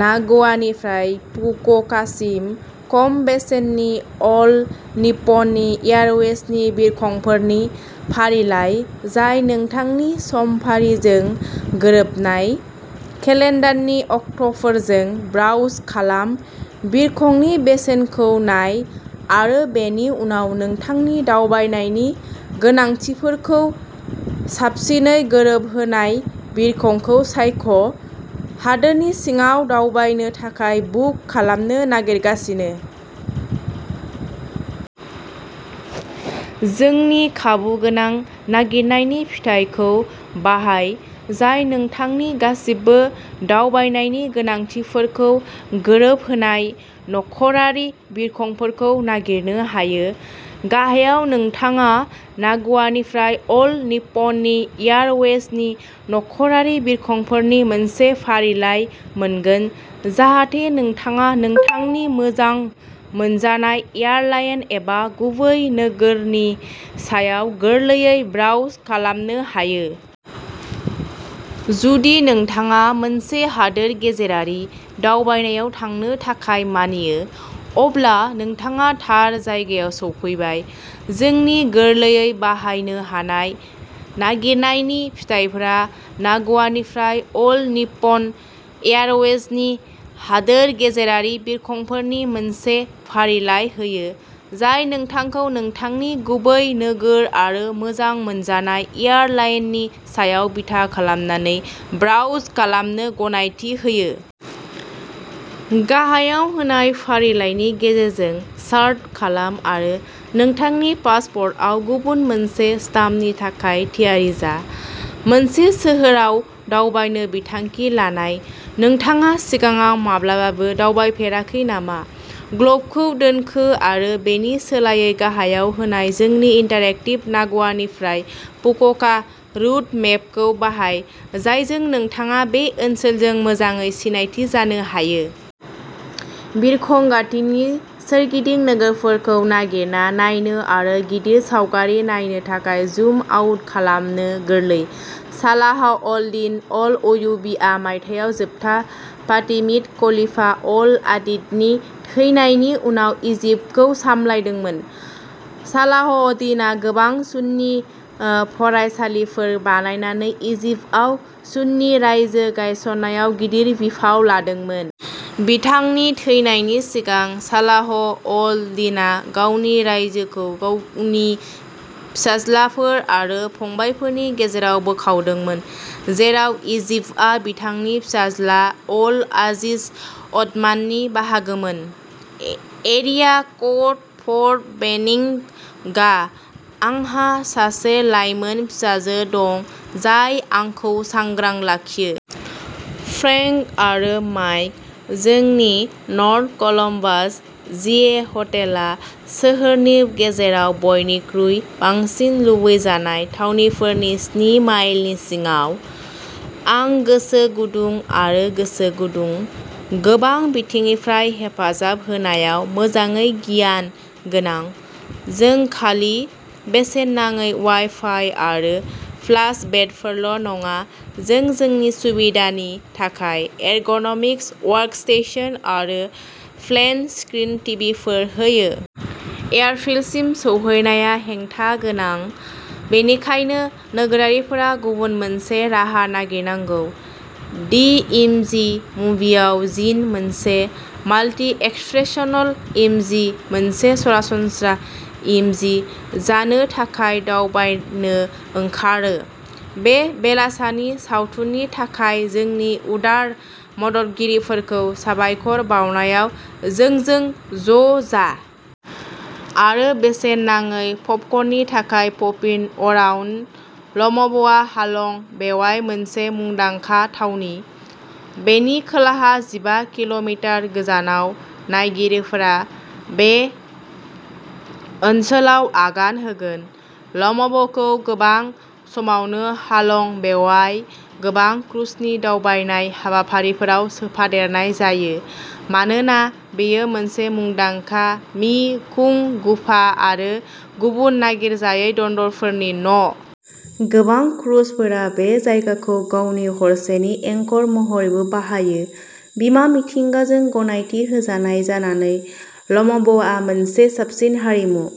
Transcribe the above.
नाग' यानिफ्राय फुकुअ'कासिम खम बेसेननि अल निप्प'ननि एयारवेजनि बिरखंफोरनि फारिलाइ जाय नोंथांनि समफारिजों गोरोबनाय। केलेन्डारनि अक्ट'फोरजों ब्राउज खालाम, बिरखंनि बेसेनखौ नाय, आरो बेनि उनाव नोंथांनि दावबायनायनि गोनांथिफोरखौ साबसिनै गोरोबहोनाय बिरखंखौ सायख'। हादोरनि सिङाव दावबायनो थाखाय बुक खालामनो नागिरगासिनो? जोंनि खाबुगोनां नागिरनायनि फिथायफोरखौ बाहाय जाय नोंथांनि गासिबो दावबायनायनि गोनांथिफोरखौ गोरोबहोनाय नखरारि बिरखंफोरखौ नागिरनो हायो। गाहायाव नोंथाङा नाग'यानिफ्राय अल निप्प'न एयारवेजनि नखरारि बिरखंफोरनि मोनसे फारिलाइ मोनगोन, जाहाथे नोंथाङा नोंथांनि मोजां मोनजानाय एयारलाइन आरो गुबै नोगोरनि सायाव गोरलैयै ब्राउज खालामनो हायो। जुदि नोंथाङा मोनसे हादोर गेजेरारि दावबायनायाव थांनो थाखाय मानियो, अब्ला नोंथाङा थार जायगायाव सफैबाय। जोंनि गोरलैयै बाहायनो हानाय नागिरनायनि फिथायफोरा नाग'यानिफ्राय अल निप्प'न एयारवेजनि हादोर गेजेरारि बिरखंफोरनि मोनसे फारिलाइ होयो, जाय नोंथांखौ नोंथांनि गुबै नोगोर आरो मोजां मोनजानाय एयार लाइननि सायाव बिथा खालामनानै ब्राउज खालामनो गनायथि होयो। गाहायाव होनाय फारिलाइनि गेजेरजों सार्ट खालाम आरो नोंथांनि पासपोर्टआव गुबुन मोनसे स्टाम्पनि थाखाय थियारि जा। मोनसे सोहोराव दावबायनो बिथांखि लानाय। नोंथाङा सिगाङाव माब्लाबाबो दावबायफेराखै नामा? ग्ल'बखौ दोनखो आरो बेनि सोलायै गाहायाव होनाय जोंनि इन्टारेक्टिभ नाग'या निफ्राय फुकुअ'का रुट मेपखौ बाहाय, जायजों नोंथाङा बे ओनसोलजों मोजाङै सिनायथि जानो हायो। बिरखं गाथोननि सोरगिदिं नोगोरफोरखौ नागिरना नायनो आरो गिदिर सावगारि नायनो थाखाय जुम आउट खालामनो गोरलै। सालाह अल-दीन अल-अयुबी आ मायथाइयाव जोबथा फातिमिद खलीफा अल-आदिदनि थैनायनि उनाव इजिप्टखौ सामलायदोंमोन। सालाह अल-दिनआ गोबां सुन्नी फरायसालिफोर बानायनानै इजिप्टआव सुन्नी रायजो गायसननायाव गिदिर बिफाव लादोंमोन। बिथांनि थैनायनि सिगां, सालाह अल-दिनआ गावनि रायजोखौ गावनि फिसाज्लाफोर आरो फंबायफोरनि गेजेराव बोखावदोंमोन, जेराव इजिप्टआ बिथांनि फिसाज्ला अल-आजिज अथमाननि बाहागोमोन। एरिया क'ड फर्ट बेनिं गा। आंहा सासे लाइमोन फिसाजो दं जाय आंखौ सांग्रां लाखियो। फ्रेंक आरो माइक। जोंनि नर्थ कलम्बास, जीए हटेलआ सोहोरनि गेजेराव बयनिख्रुइ बांसिन लुबैजानाय थावनिफोरनि स्नि माइलनि सिङाव। आं गोसो गुदुं आरो गोसो गुदुं। गोबां बिथिंनिफ्राय हेफाजाब होनायाव मोजाङै गियान गोनां। जों खालि बेसेन नाङै वाइ-फाइ आरो प्लास बेडफोरल' नङा, जों नोंनि सुबिदानि थाखाय एर्ग'न'मिक वर्कस्टेशन आरो फ्लेट-स्क्रिन टिभिफोरबो होयो। एयारफील्डसिम सौहैनाया हेंथा गोनां, बेनिखायनो नोगोरारिफोरा गुबुन मोनसे राहा नागिरनांगौ। दि इम'जि मुभिआव, जिन, मोनसे माल्टि-एक्सप्रेसनल इम'जि, मोनसे सरासनस्रा इम'जि जानो थाखाय दावबायनो ओंखारो। बे बेलासानि सावथुननि थाखाय जोंनि उदार मददगिरिफोरखौ साबायखर बावनायाव जोंजों ज' जा। आरो बेसेन नाङै पपकर्ननि थाखाय पपिन' अराउन्ड। ल'म ब'आ हालं बेआव मोनसे मुंदांखा थावनि। बेनि खोलाहा जिबा किल'मिटार गोजानाव, नायगिरिफोरा बे ओनसोलाव आगान होगोन। ल'म ब'खौ गोबां समावनो हालं बेआव गोबां क्रुजनि दावबायनाय हाबाफारिफोराव सोफादेरनाय जायो मानोना बेयो मोनसे मुंदांखा मि कुं गुफा आरो गुबुन नागिरजायै दन्दरफोरनि न'। गोबां क्रुजफोरा बे जायगाखौ गावनि हरसेनि एंकर महरैबो बाहायो। बिमा मिथिंगाजों गनायथि होजानाय जानानै, ल'म ब'आ मोनसे साबसिन हारिमु।